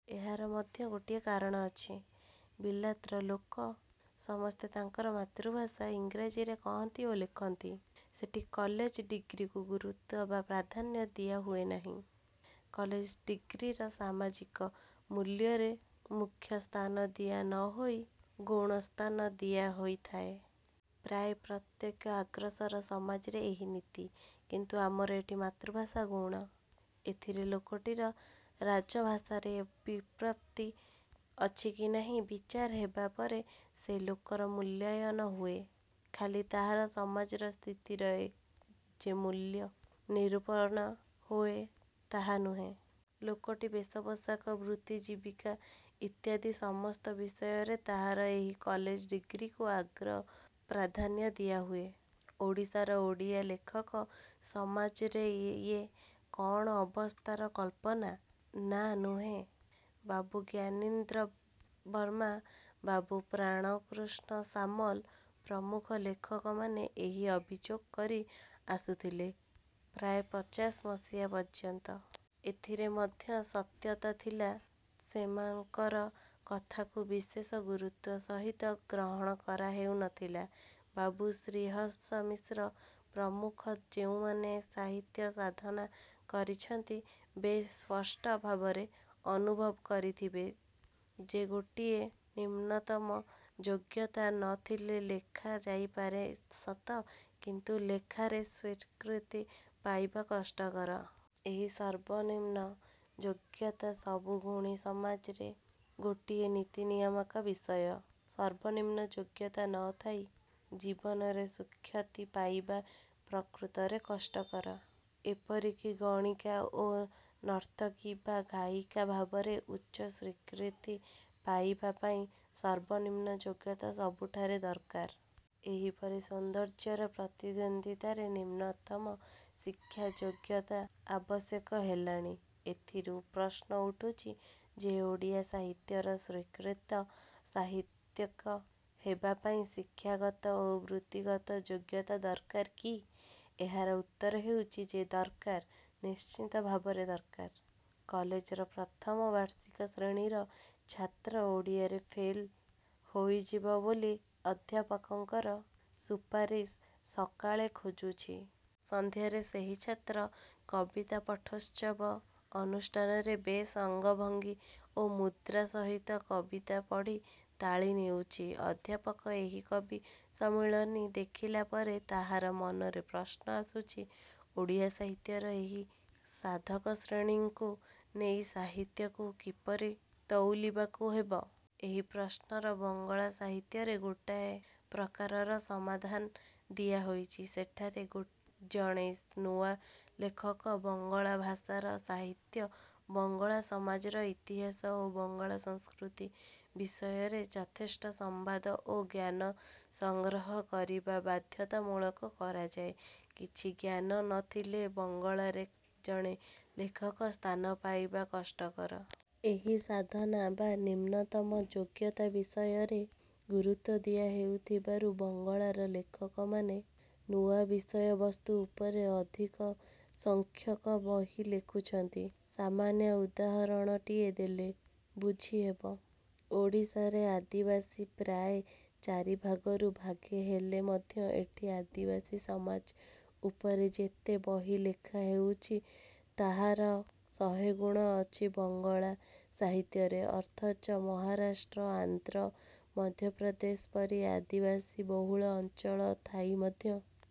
ଏହାର ମଧ୍ୟ ଗୋଟିଏ କାରଣ ଅଛି। ବିଲାତର ଲୋକ ସମସ୍ତେ ତାଙ୍କର ମାତୃଭାଷା ଇଂରାଜିରେ କହନ୍ତି ଓ ଲେଖନ୍ତି। ସେଠି କଲେଜ ଡିଗ୍ରୀକୁ ଗୁରୁତ୍ୱ ବା ପ୍ରାଧାନ୍ୟ ଦିଆ ହୁଏ ନାହିଁ। କଲେଜ ଡିଗ୍ରୀର ସାମାଜିକ ମୂଲ୍ୟରେ ମୁଖ୍ୟସ୍ଥାନ ଦିଆ ନ ହୋଇ ଗୌଣ ସ୍ଥାନ ଦିଆ ହୋଇଥାଏ। ପ୍ରାୟ ପ୍ରତ୍ୟେକ ଅଗ୍ରସର ସମାଜରେ ଏହି ନୀତି। କିନ୍ତୁ ଆମର ଏଠି ମାତୃଭାଷା ଗୌଣ। ଏଥିରେ ଲୋକଟିର ରାଜଭାଷାରେ ବ୍ୟୁତ୍ପତ୍ତି ଅଛି କି ନାହିଁ-ବିଚାର ହେବାପରେ ସେ ଲୋକର ମୂଲ୍ୟାୟନ ହୁଏ। ଖାଲି ତାହାର ସମାଜର ସ୍ଥିତିର ଯେ ମୂଲ୍ୟ ନିରୂପଣ ହୁଏ ତାହା ନୁହେଁ। ଲୋକଟିର ବେଶପୋଷାକ ବୃତ୍ତିଜୀବିକା ଇତ୍ୟାଦି ସମସ୍ତ ବିଷୟରେ ତାହାର ଏହି କଲେଜ ଡିଗ୍ରୀକୁ ଅଗ୍ର-ପ୍ରାଧାନ୍ୟ ଦିଆହୁଏ। ଓଡ଼ିଶାର ଓଡ଼ିଆ ଲେଖକ ସମାଜରେ ଇଏ କ'ଣ ଅବାସ୍ତବ କଳ୍ପନା? -ନା। ନୁହେଁ। ବାବୁ ଜ୍ଞାନୀନ୍ଦ୍ର ବର୍ମା, ବାବୁ ପ୍ରାଣକୃଷ୍ଣ ସାମଲ ପ୍ରମୁଖ ଲେଖକମାନେ ଏହି ଅଭିଯୋଗ କରି ଆସୁଥିଳେ ପ୍ରାୟ ପଚାଶ ମସିହା ପର୍ଯ୍ୟନ୍ତ। ଏଥିରେ ମଧ୍ୟ ସତ୍ୟତା ଥିଲା। ସେମାଙ୍କର କଥାକୁ ବିଶେଷ ଗୁରୁତ୍ୱ ସହିତ ଗ୍ରହଣ କରା ହେଉ ନ ଥିଲା। ବାବୁ ଶ୍ରୀହର୍ଷ ମିଶ୍ର ପ୍ରମୁଖ ଯେଉଁମାନେ ସାହିତ୍ୟ ସାଧନା କରିଛନ୍ତି ବେଶ୍ ସ୍ପଷ୍ଟ ଭାବରେ ଅନୁଭବ କରିଥିବେ ଯେ ଗୋଟିଏ ନିମ୍ନତମ ଯୋଗ୍ୟତା ନ ଥିଲେ ଲେଖା ଯାଇପାରେ ସତ କିନ୍ତୁ ଲେଖାରେ ସ୍ୱୀକୃତି ପାଇବା କଷ୍ଟକର। ଏହି ସର୍ବନିମ୍ନ ଯୋଗ୍ୟତା ସବୁ ଗୁଣୀ ସମାଜରେ ଗୋଟିଏ ନୀତିନିୟାମକ ବିଷୟ। ସର୍ବ-ନିମ୍ନ ଯୋଗ୍ୟତା ନ ଥାଇ ଜୀବନରେ ସୁଖ୍ୟାତି ପାଇବା ପ୍ରକୃତରେ କଷ୍ଟକର। ଏପରି କି ଗଣିକା ଓ ନର୍ତ୍ତକୀ ବା ଗାୟିକା ଭାବରେ ଉଚ୍ଚ ସ୍ୱୀକୃତି ପାଇବା ପାଇଁ ସର୍ବନିମ୍ନ ଯୋଗ୍ୟତା ସବୁଠାରେ ଦରକାର। ଏପରିକି ସୌନ୍ଦର୍ଯ୍ୟର ପ୍ରତିଦ୍ୱନ୍ଦ୍ୱିତାରେ ନିମ୍ନତମ ଶିକ୍ଷା ଯୋଗ୍ୟତା ଆବଶ୍ୟକ ହେଲାଣି। ଏଥିରୁ ପ୍ରଶ୍ନ ଉଠୁଛି ଯେ ଓଡ଼ିଆ ସାହିତ୍ୟର ସ୍ୱୀକୃତ ସାହିତ୍ୟିକ ହେବାପାଇଁ ଶିକ୍ଷାଗତ ଓ ବୃତ୍ତିଗତ ଯୋଗ୍ୟତା ଦରକାର କି? ଏହାର ଉତ୍ତର ହେଉଛି ଯେ ଦରକାର। ନିଶ୍ଚିତ ଭାବରେ ଦରକାର। କଲେଜର ପ୍ରଥମ ବାର୍ଷିକ ଶ୍ରେଣୀର ଛାତ୍ର ଓଡ଼ିଆରେ ଫେଲ ହୋଇଯିବ ବୋଲି ଅଧ୍ୟାପକଙ୍କର ସୁପାରିସ ସକାଳେ ଖୋଜୁଛି। ସନ୍ଧ୍ୟାରେ ସେହି ଛାତ୍ର କବିତା ପାଠୋତ୍ସବ ଅନୁଷ୍ଠାନରେ ବେଶ୍ ଅଙ୍ଗଭଙ୍ଗୀ ଓ ମୁଦ୍ରା ସହିତ କବିତା ପଢ଼ି ତାଳି ନେଉଛି। ଅଧ୍ୟାପକ ଏହି କବି ସମ୍ମିଳନୀ ଦେଖିଲା ପରେ ତାହାର ମନରେ ପ୍ରଶ୍ନ ଆସୁଛି-ଓଡ଼ିଆ ସାହିତ୍ୟର ଏହି ସାଧକଶ୍ରେଣୀଙ୍କୁ ନେଇ ସାହିତ୍ୟକୁ କିପରି ତଉଲିବାକୁ ହେବ? ଏହି ପ୍ରଶ୍ନର ବଙ୍ଗଳା ସାହିତ୍ୟରେ ଗୋଟାଏ ପ୍ରକାରର ସମାଧାନ ଦିଆ ହୋଇଛି। ସେଠାରେ ଜଣେ ନୂଆ ଲେଖକକୁ ବଙ୍ଗଳା ଭାଷାର ସାହିତ୍ୟ, ବଙ୍ଗଳା ସମାଜର ଇତିହାସ ଓ ବଙ୍ଗଳା ସଂସ୍କୃତି ବିଷୟରେ ଯଥେଷ୍ଟ ସମ୍ବାଦ ଓ ଜ୍ଞାନ ସଂଗ୍ରହ କରିବା ବାଧ୍ୟତାମୂଳକ କରାଯାଏ। କିଛି ଜ୍ଞାନ ନ ଥିଲେ ବଙ୍ଗଳାରେ ଜଣେ ଲେଖକ ସ୍ଥାନ ପାଇବା କଷ୍ଟକର। ଏହି ସାଧନା ବା। ନିମ୍ନତମ ଯୋଗ୍ୟତା ବିଷୟରେ ଗୁରୁତ୍ୱ ଦିଆ ହେଉଥିବାରୁ ବଙ୍ଗଳାର ଲେଖକମାନେ ନୂଆ ବିଷୟବସ୍ତୁ ଉପରେ ଅଧିକ ସଂଖ୍ୟକ ବହି ଲେଖୁଛନ୍ତି! ସାମାନ୍ୟ ଉଦାହରଣଟିଏ ଦେଲେ ବୁଝିହବ। ଓଡ଼ିଶାରେ ଆଦିବାସୀ ପ୍ରାୟ ଚାରିଭାଗରୁ ଭାଗେ ହେଲେ ମଧ୍ୟ ଏଠି ଆଦିବାସୀ ସମାଜ ଉପରେ ଯେତେ ବହି ଲେଖା ହେଉଛି ତାହାର ଶହେଗୁଣ ଅଛି ବଙ୍ଗଳା ସାହିତ୍ୟରେ। ଅଥଚ ମହାରାଷ୍ଟ୍ର, ଆନ୍ଧ୍ର, ମଧ୍ୟପ୍ରଦେଶ ପରି ଆଦିବାସୀବହୁଳ ଅଞ୍ଚଳ ଥାଇ ମଧ୍ୟ